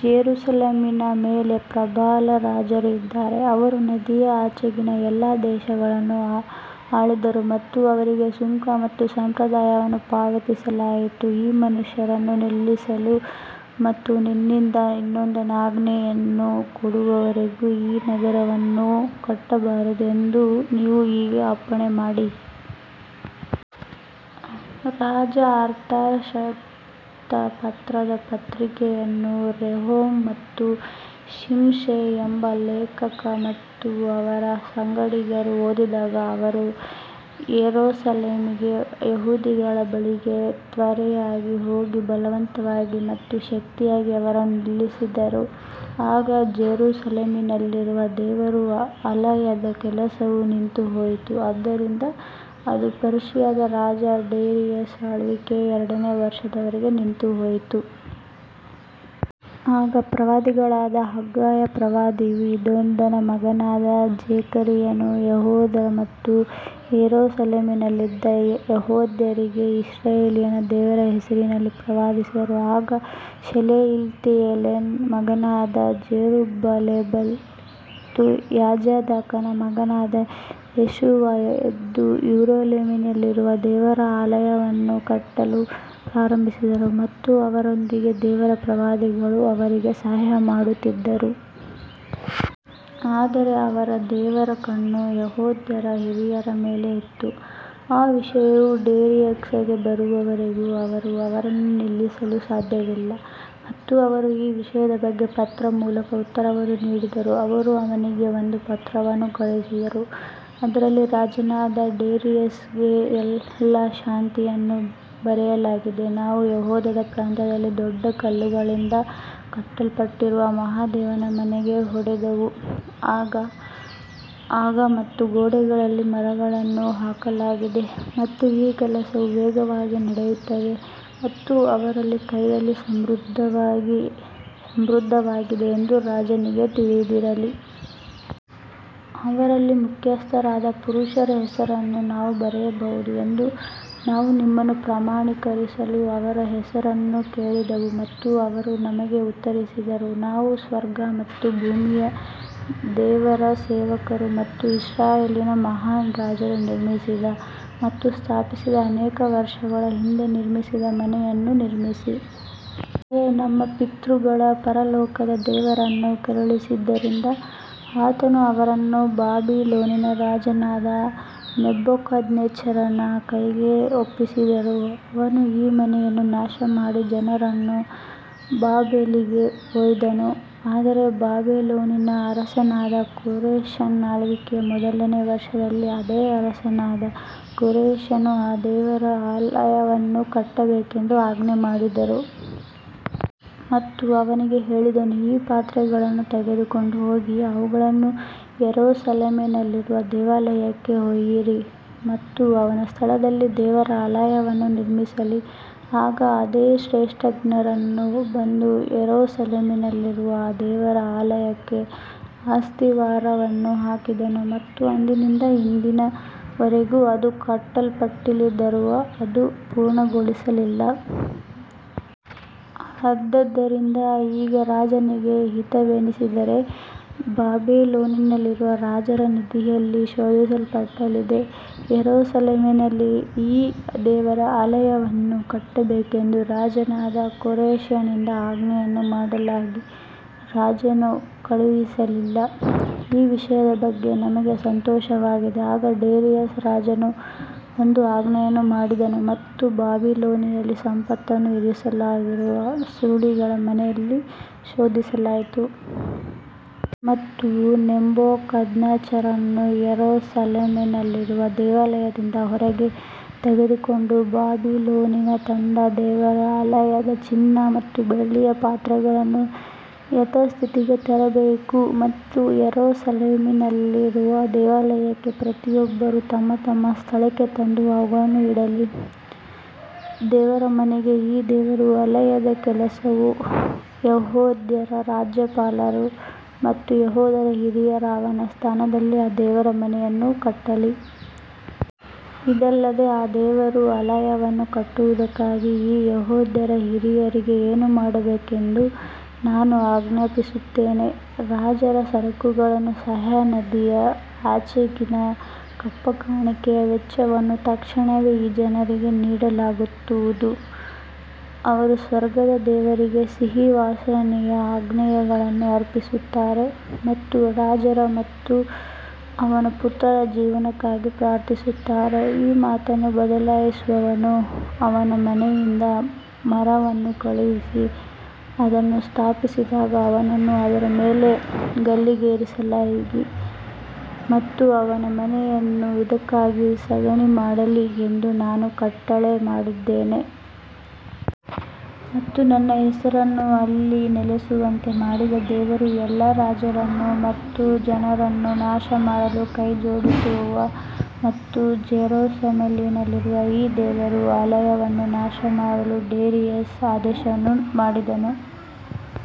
ಜೆರುಸಲೇಮಿನ ಮೇಲೆ ಪ್ರಬಲ ರಾಜರು ಇದ್ದಾರೆ, ಅವರು ನದಿಯ ಆಚೆಗಿನ ಎಲ್ಲಾ ದೇಶಗಳನ್ನು ಆಳಿದರು ಮತ್ತು ಅವರಿಗೆ ಸುಂಕ ಮತ್ತು ಸಂಪ್ರದಾಯವನ್ನು ಪಾವತಿಸಲಾಯಿತು. ಈ ಮನುಷ್ಯರನ್ನು ನಿಲ್ಲಿಸಲು ಮತ್ತು ನನ್ನಿಂದ ಇನ್ನೊಂದು ಆಜ್ಞೆಯನ್ನು ಕೊಡುವವರೆಗೂ ಈ ನಗರವನ್ನು ಕಟ್ಟಬಾರದು ಎಂದು ನೀವು ಈಗ ಅಪ್ಪಣೆ ಕೊಡಿ. ರಾಜ ಅರ್ತಷಸ್ತ ಪತ್ರದ ಪ್ರತಿಯನ್ನು ರೆಹೂಮ್ ಮತ್ತು ಶಿಂಶೈ ಎಂಬ ಲೇಖಕ ಮತ್ತು ಅವರ ಸಂಗಡಿಗರು ಓದಿದಾಗ ಅವರು ಯೆರೂಸಲೇಮಿಗೆ ಯಹೂದಿಗಳ ಬಳಿಗೆ ತ್ವರೆಯಾಗಿ ಹೋಗಿ ಬಲವಂತವಾಗಿ ಮತ್ತು ಶಕ್ತಿಯಿಂದ ಅವರನ್ನು ನಿಲ್ಲಿಸಿದರು. ಆಗ ಜೆರುಸಲೇಮಿನಲ್ಲಿರುವ ದೇವರ ಆಲಯದ ಕೆಲಸವು ನಿಂತುಹೋಯಿತು, ಆದ್ದರಿಂದ ಅದು ಪರ್ಷಿಯಾದ ರಾಜ ಡೇರಿಯಸ್ ಆಳ್ವಿಕೆಯ ಎರಡನೇ ವರ್ಷದವರೆಗೆ ನಿಂತುಹೋಯಿತು. ಆಗ ಪ್ರವಾದಿಗಳಾದ ಹಗ್ಗಾಯ ಪ್ರವಾದಿಯೂ ಇದ್ದೋನ ಮಗನಾದ ಜೆಕರೀಯನೂ ಯೆಹೂದ ಮತ್ತು ಯೆರೂಸಲೇಮಿನಲ್ಲಿದ್ದ ಯೆಹೂದ್ಯರಿಗೆ ಇಸ್ರಾಯೇಲಿನ ದೇವರ ಹೆಸರಿನಲ್ಲಿ ಪ್ರವಾದಿಸಿದರು. ಆಗ ಶೆಯಲ್ತೀಯೇಲನ ಮಗನಾದ ಜೆರುಬ್ಬಾಬೆಲ್ ಮತ್ತು ಯೋಜಾದಾಕನ ಮಗನಾದ ಯೇಷುವಾ ಎದ್ದು ಯೆರೂಸಲೇಮಿನಲ್ಲಿರುವ ದೇವರ ಆಲಯವನ್ನು ಕಟ್ಟಲು ಪ್ರಾರಂಭಿಸಿದರು ಮತ್ತು ಅವರೊಂದಿಗೆ ದೇವರ ಪ್ರವಾದಿಗಳು ಅವರಿಗೆ ಸಹಾಯಮಾಡುತ್ತಿದ್ದರು. ಆದರೆ ಅವರ ದೇವರ ಕಣ್ಣು ಯೆಹೂದ್ಯರ ಹಿರಿಯರ ಮೇಲೆ ಇತ್ತು, ಈ ವಿಷಯವು ಡೇರಿಯಸ್ಗೆ ಬರುವವರೆಗೂ ಅವರು ಅವರನ್ನು ನಿಲ್ಲಿಸಲು ಸಾಧ್ಯವಿಲ್ಲ ಮತ್ತು ಅವರು ಈ ವಿಷಯದ ಬಗ್ಗೆ ಪತ್ರದ ಮೂಲಕ ಉತ್ತರವನ್ನು ನೀಡಿದರು. ಅವರು ಅವನಿಗೆ ಒಂದು ಪತ್ರವನ್ನು ಕಳುಹಿಸಿದರು, ಅದರಲ್ಲಿ ರಾಜನಾದ ಡೇರಿಯಸ್ಗೆ ಎಲ್ಲಾ ಶಾಂತಿಯನ್ನು ಬರೆಯಲಾಗಿದೆ ನಾವು ಯೆಹೂದದ ಪ್ರಾಂತ್ಯದಲ್ಲಿ ದೊಡ್ಡ ಕಲ್ಲುಗಳಿಂದ ಕಟ್ಟಲ್ಪಟ್ಟಿರುವ ಮಹಾದೇವನ ಮನೆಗೆ ಹೋದೆವು ಮತ್ತು ಗೋಡೆಗಳಲ್ಲಿ ಮರಗಳನ್ನು ಹಾಕಲಾಗಿದೆ ಮತ್ತು ಈ ಕೆಲಸವು ವೇಗವಾಗಿ ನಡೆಯುತ್ತದೆ ಮತ್ತು ಅವರ ಕೈಯಲ್ಲಿ ಸಮೃದ್ಧವಾಗಿದೆ ಎಂದು ರಾಜನಿಗೆ ತಿಳಿದಿರಲಿ. ಅವರಲ್ಲಿ ಮುಖ್ಯಸ್ಥರಾದ ಪುರುಷರ ಹೆಸರನ್ನು ನಾವು ಬರೆಯಬಹುದು ಎಂದು ನಾವು ನಿಮ್ಮನ್ನು ಪ್ರಮಾಣೀಕರಿಸಲು ಅವರ ಹೆಸರನ್ನು ಕೇಳಿದೆವು. ಮತ್ತು ಅವರು ನಮಗೆ ಉತ್ತರಿಸಿದರು, ನಾವು ಸ್ವರ್ಗ ಮತ್ತು ಭೂಮಿಯ ದೇವರ ಸೇವಕರು ಮತ್ತು ಇಸ್ರಾಯೇಲಿನ ಮಹಾನ್ ರಾಜನು ನಿರ್ಮಿಸಿದ ಮತ್ತು ಸ್ಥಾಪಿಸಿದ ಅನೇಕ ವರ್ಷಗಳ ಹಿಂದೆ ನಿರ್ಮಿಸಿದ ಮನೆಯನ್ನು ನಿರ್ಮಿಸಿ. ಆದರೆ ನಮ್ಮ ಪಿತೃಗಳು ಪರಲೋಕದ ದೇವರನ್ನು ಕೆರಳಿಸಿದ್ದರಿಂದ ಆತನು ಅವರನ್ನು ಬಾಬಿಲೋನಿನ ರಾಜನಾದ ನೆಬೂಕದ್ನೆಚ್ಚರನ ಕೈಗೆ ಒಪ್ಪಿಸಿದನು, ಅವನು ಈ ಮನೆಯನ್ನು ನಾಶಮಾಡಿ ಜನರನ್ನು ಬಾಬೆಲಿಗೆ ಒಯ್ದನು. ಆದರೆ ಬಾಬಿಲೋನಿನ ಅರಸನಾದ ಕೋರೆಷನ ಆಳ್ವಿಕೆಯ ಮೊದಲನೆಯ ವರ್ಷದಲ್ಲಿ ಅದೇ ಅರಸನಾದ ಕೋರೆಷನು ಈ ದೇವರ ಆಲಯವನ್ನು ಕಟ್ಟಬೇಕೆಂದು ಆಜ್ಞೆ ಮಾಡಿದನು. ಮತ್ತು ಅವನಿಗೆ ಹೇಳಿದನು, ಈ ಪಾತ್ರೆಗಳನ್ನು ತೆಗೆದುಕೊಂಡು ಹೋಗಿ ಅವುಗಳನ್ನು ಯೆರೂಸಲೇಮಿನಲ್ಲಿರುವ ದೇವಾಲಯಕ್ಕೆ ಒಯ್ಯಿರಿ ಮತ್ತು ಅವನ ಸ್ಥಳದಲ್ಲಿ ದೇವರ ಆಲಯವನ್ನು ನಿರ್ಮಿಸಲಿ. ಆಗ ಅದೇ ಶೇಷ್ಬಜ್ಜರನು ಬಂದು ಯೆರೂಸಲೇಮಿನಲ್ಲಿರುವ ದೇವರ ಆಲಯಕ್ಕೆ ಅಸ್ತಿವಾರವನ್ನು ಹಾಕಿದನು ಮತ್ತು ಅಂದಿನಿಂದ ಇಂದಿನ ವರೆಗೂ ಅದು ಕಟ್ಟಲ್ಪಟ್ಟಿದ್ದರೂ ಅದು ಪೂರ್ಣಗೊಳ್ಳಲಿಲ್ಲ. ಆದದರಿಂದ ಈಗ ರಾಜನಿಗೆ ಹಿತವೆನಿಸಿದರೆ ಬಾಬಿಲೋನಿನಲ್ಲಿರುವ ರಾಜರ ನಿಧಿಯಲ್ಲಿ ಶೋಧಿಸಲ್ಪಡಲಿ, ಯೆರೂಸಲೇಮಿನಲ್ಲಿ ಈ ದೇವರ ಆಲಯವನ್ನು ಕಟ್ಟಬೇಕೆಂದು ರಾಜನಾದ ಕೋರೆಷನಿಂದ ಆಜ್ಞೆಯನ್ನು ಮಾಡಲಾಗಿ ರಾಜನು ಕಳುಹಿಸಲಿ. ಈ ವಿಷಯದ ಬಗ್ಗೆ ನಮಗೆ ಸಂತೋಷವಾಗಿದೆ ಆಗ ಡೇರಿಯಸ್ ರಾಜನು ಒಂದು ಆಜ್ಞೆಯನ್ನು ಮಾಡಿದನು ಮತ್ತು ಬಾಬಿಲೋನಿನಲ್ಲಿ ಸಂಪತ್ತನ್ನು ಇರಿಸಲಾಗಿರುವ ಸುರುಳಿಗಳ ಮನೆಯಲ್ಲಿ ಶೋಧಿಸಲಾಯಿತು. ಮತ್ತು ನೆಬೂಕದ್ನೆಚ್ಚರನು ಯೆರೂಸಲೇಮಿನಲ್ಲಿರುವ ದೇವಾಲಯದಿಂದ ಹೊರಗೆ ತೆಗೆದುಕೊಂಡು ಬಾಬಿಲೋನಿಗೆ ತಂದ ದೇವರ ಆಲಯದ ಚಿನ್ನ ಮತ್ತು ಬೆಳ್ಳಿಯ ಪಾತ್ರೆಗಳನ್ನು ಯಥಾಸ್ಥಿತಿಗೆ ತರಬೇಕು ಮತ್ತು ಯೆರೂಸಲೇಮಿನಲ್ಲಿರುವ ದೇವಾಲಯಕ್ಕೆ ಪ್ರತಿಯೊಬ್ಬರು ತಮ್ಮ ತಮ್ಮ ಸ್ಥಳಕ್ಕೆ ತಂದು ಅವುಗಳನ್ನು ಇಡಲಿ. ದೇವರ ಮನೆ ಈ ದೇವರ ಆಲಯದ ಕೆಲಸವು ಯೆಹೂದ್ಯರ ರಾಜ್ಯಪಾಲರು ಮತ್ತು ಯೆಹೂದ್ಯರ ಹಿರಿಯರು ಅವನ ಸ್ಥಾನದಲ್ಲಿ ಈ ದೇವರ ಮನೆಯನ್ನು ಕಟ್ಟಲಿ. ಇದಲ್ಲದೆ ಈ ದೇವರ ಆಲಯವನ್ನು ಕಟ್ಟುವುದಕ್ಕಾಗಿ ಈ ಯೆಹೂದ್ಯರ ಹಿರಿಯರಿಗೆ ಏನು ಮಾಡಬೇಕೆಂದು ನಾನು ಆಜ್ಞಾಪಿಸುತ್ತೇನೆ, ರಾಜರ ಸರಕುಗಳನ್ನು ಸಹ ನದಿಯ ಆಚೆಗಿನ ಕಪ್ಪಕಾಣಿಕೆಯ ವೆಚ್ಚವನ್ನು ತಕ್ಷಣವೇ ಈ ಜನರಿಗೆ ನೀಡಲಾಗುವುದು. ಅವರು ಸ್ವರ್ಗದ ದೇವರಿಗೆ ಸಿಹಿ ಸುವಾಸನೆಯ ಯಜ್ಞಗಳನ್ನು ಅರ್ಪಿಸುತ್ತಾರೆ ಮತ್ತು ರಾಜ ಮತ್ತು ಅವನ ಪುತ್ರರ ಜೀವನಕ್ಕಾಗಿ ಪ್ರಾರ್ಥಿಸುತ್ತಾರೆ ಈ ಮಾತನ್ನು ಬದಲಾಯಿಸುವವನು ಅವನ ಮನೆಯಿಂದ ಮರವನ್ನು ಕೆಳಗಿಳಿಸಿ ಅದನ್ನು ಸ್ಥಾಪಿಸಿದಾಗ ಅವನನ್ನು ಅದರ ಮೇಲೆ ಗಲ್ಲಿಗೇರಿಸಲಿ ಮತ್ತು ಅವನ ಮನೆಯನ್ನು ಇದಕ್ಕಾಗಿ ಸಗಣಿ ಮಾಡಲಿ ಎಂದು ನಾನು ಕಟ್ಟಳೆ ಮಾಡಿದ್ದೇನೆ. ಮತ್ತು ತನ್ನ ಹೆಸರನ್ನು ಅಲ್ಲಿ ನೆಲೆಸುವಂತೆ ಮಾಡಿದ ದೇವರು ಎಲ್ಲಾ ರಾಜರನ್ನು ಮತ್ತು ಜನರನ್ನು ನಾಶಮಾಡಲು ಕೈಜೋಡಿಸುವ ಮತ್ತು ಜೆರುಸಲೇಮಿನಲ್ಲಿರುವ ಈ ದೇವರ ಆಲಯವನ್ನು ನಾಶಮಾಡಲು ಡೇರಿಯಸ್ ಆದೇಶವನ್ನು ಮಾಡಿದನು.